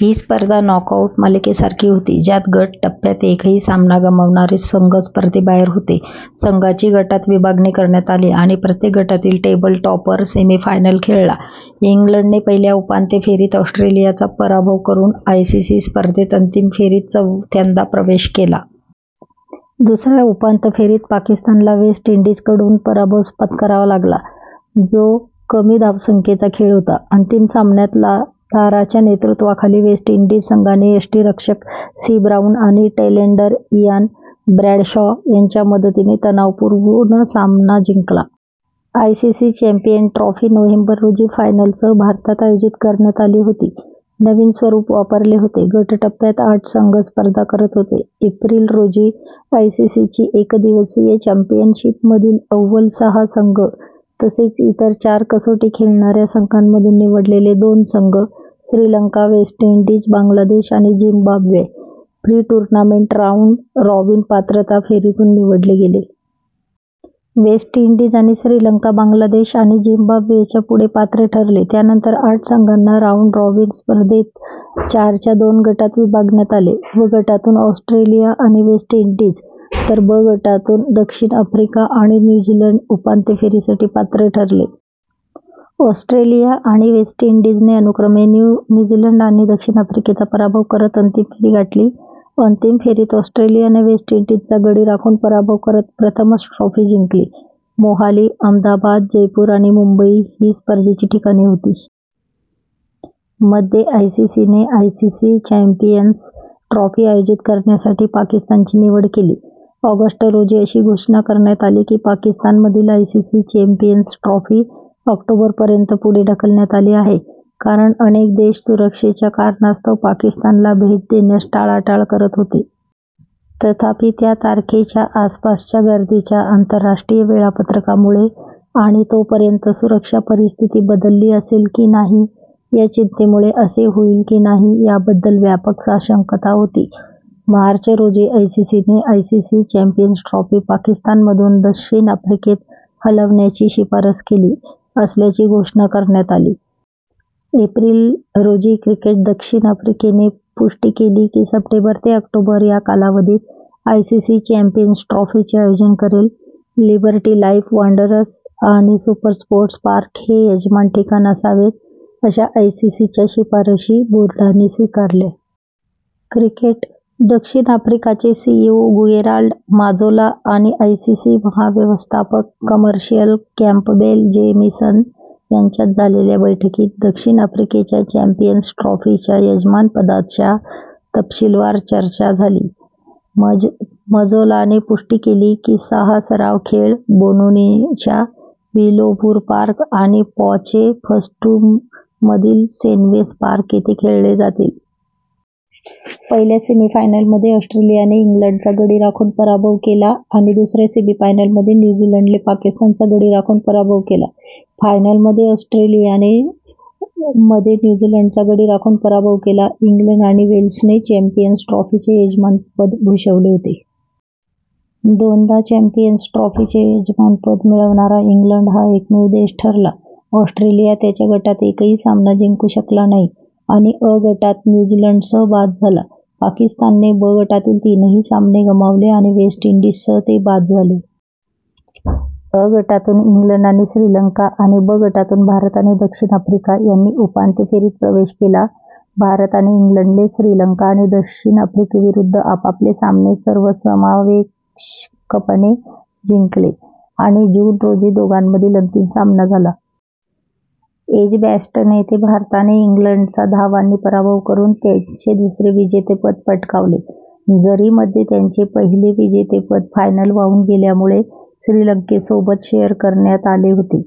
ही स्पर्धा नॉकआऊट मालिकेसारखी होती ज्यात गट टप्प्यात एकही सामना गमावणारे संघ स्पर्धेबाहेर होते. संघांची गटात विभागणी करण्यात आली आणि प्रत्येक गटातील टेबल टॉपर सेमीफायनल खेळला. इंग्लंडने पहिल्या उपांत्य फेरीत ऑस्ट्रेलियाचा पराभव करून आयसीसी स्पर्धेच्या अंतिम फेरीत चौथ्यांदा प्रवेश केला. दुसऱ्या उपांत्य फेरीत पाकिस्तानला वेस्ट इंडीजकडून पराभव पत्करावा लागला, जो कमी धावसंख्येचा खेळ होता. अंतिम सामन्यात लाराच्या नेतृत्वाखाली वेस्ट इंडीज संघाने यष्टिरक्षक सी ब्राउन आणि टेलेंडर इयान ब्रॅडशॉ यांच्या मदतीने तणावपूर्ण सामना जिंकला. आयसीसी चॅम्पियन्स ट्रॉफी नोव्हेंबर रोजी फायनलसह भारतात आयोजित करण्यात आली होती. नवीन स्वरूप वापरले होते. गट टप्प्यात आठ संघ स्पर्धा करत होते: एप्रिल रोजी आयसीसी एकदिवसीय चॅम्पियनशिपमधील अव्वल सहा संघ, तसेच इतर चार कसोटी खेळणाऱ्या संघांमधून निवडलेले दोन संघ श्रीलंका, वेस्ट इंडीज, बांगलादेश आणि झिम्बाब्वे, प्री-टूर्नामेंट राऊंड रॉबिन पात्रता फेरीतून निवडले गेले. वेस्ट इंडीज आणि श्रीलंका बांगलादेश आणि झिम्बाब्वेच्या पुढे पात्र ठरले. त्यानंतर आठ संघांना राऊंड रॉबिन स्पर्धेत चारच्या दोन गटात विभागण्यात आले. अ गटातून ऑस्ट्रेलिया आणि वेस्ट इंडीज, तर ब गटातून दक्षिण आफ्रिका आणि न्यू झीलंड उपांत्य फेरीसाठी पात्र ठरले. ऑस्ट्रेलिया आणि वेस्ट इंडीजने अनुक्रमे न्यू झीलंड आणि दक्षिण आफ्रिकेचा पराभव करत अंतिम फेरी गाठली. अंतिम फेरीत ऑस्ट्रेलियाने वेस्ट इंडीजचा गडी राखून पराभव करत प्रथमच ट्रॉफी जिंकली. मोहाली, अहमदाबाद, जयपूर आणि मुंबई ही स्पर्धेची ठिकाणे होती. मध्ये, आयसीसीने आयसीसी चॅम्पियन्स ट्रॉफी आयोजित करण्यासाठी पाकिस्तानची निवड केली. ऑगस्ट रोजी अशी घोषणा करण्यात आली की पाकिस्तानमधील आयसीसी चॅम्पियन्स ट्रॉफी ऑक्टोबर पर्यंत पुढे ढकलण्यात आली आहे कारण अनेक देश सुरक्षेच्या कारणास्तव पाकिस्तानला भेट देण्यास टाळाटाळ करत होते. तथापि, त्या तारखेच्या आसपासच्या गर्दीच्या आंतरराष्ट्रीय वेळापत्रकामुळे आणि तोपर्यंत सुरक्षा परिस्थिती बदलली असेल की नाही या चिंतेमुळे, असे होईल की नाही याबद्दल व्यापक साशंकता होती. मार्च रोजी, आयसीसीने आयसीसी चॅम्पियन्स ट्रॉफी पाकिस्तानमधून दक्षिण आफ्रिकेत हलवण्याची शिफारस केली असल्याची घोषणा करण्यात आली. एप्रिल रोजी, क्रिकेट दक्षिण आफ्रिकेने पुष्टी केली की ते सप्टेंबर ते ऑक्टोबर या कालावधीत आयसीसी चॅम्पियन्स ट्रॉफीचे आयोजन करेल. लिबर्टी लाइफ वांडरर्स आणि सुपरस्पोर्ट पार्क हे यजमान ठिकाण असावेत अशा आयसीसीच्या शिफारशी बोर्डाने स्वीकारल्या. क्रिकेट दक्षिण आफ्रिकाचे सीईओ गेराल्ड माजोला आणि आयसीसी महाव्यवस्थापक – कमर्शियल, कॅम्पबेल जेमिसन यांच्यात झालेल्या बैठकीत दक्षिण आफ्रिकेच्या चॅम्पियन्स ट्रॉफीच्या यजमानपदाच्या तपशीलावर चर्चा झाली. मजोलाने पुष्टी केली की सहा सराव खेळ बेनोनीच्या विलोमूर पार्क आणि पॉचेफस्ट्रूममधील सेनवेस पार्क येथे खेळले जातील. पहिल्या सेमीफायनलमध्ये ऑस्ट्रेलियाने इंग्लंडचा गडी राखून पराभव केला आणि दुसऱ्या सेमीफायनलमध्ये न्यू झीलंडने पाकिस्तानचा गडी राखून पराभव केला, फायनलमध्ये ऑस्ट्रेलियाने मध्ये न्यू झीलंडचा गडी राखून पराभव केला. इंग्लंड आणि वेल्सने चॅम्पियन्स ट्रॉफीचे यजमानपद भूषवले होते. दोनदा चॅम्पियन्स ट्रॉफीचे यजमानपद मिळवणारा इंग्लंड हा एकमेव देश ठरला. ऑस्ट्रेलिया त्यांच्या गटात एकही सामना जिंकू शकला नाही आणि अ गटात न्यू झीलंडसह बाद झाला. पाकिस्तानने ब गटातील तीनही सामने गमावले आणि वेस्ट इंडीजसह ते बाद झाले. अ गटातून इंग्लंड आणि श्रीलंका आणि ब गटातून भारत आणि दक्षिण आफ्रिका यांनी उपांत्य फेरीत प्रवेश केला. भारत आणि इंग्लंडने श्रीलंका आणि दक्षिण आफ्रिकेविरुद्ध आपापले सामने सर्वसमावेशकपणे जिंकले आणि जून रोजी दोघांमधील अंतिम सामना झाला. एजबॅस्टन येथे भारताने इंग्लंडचा धावांनी पराभव करून त्यांचे दुसरे विजेतेपद पटकावले, जरी मध्ये त्यांचे पहिले विजेतेपद फायनल वाहून गेल्यामुळे श्रीलंकेसोबत शेअर करण्यात आले होते.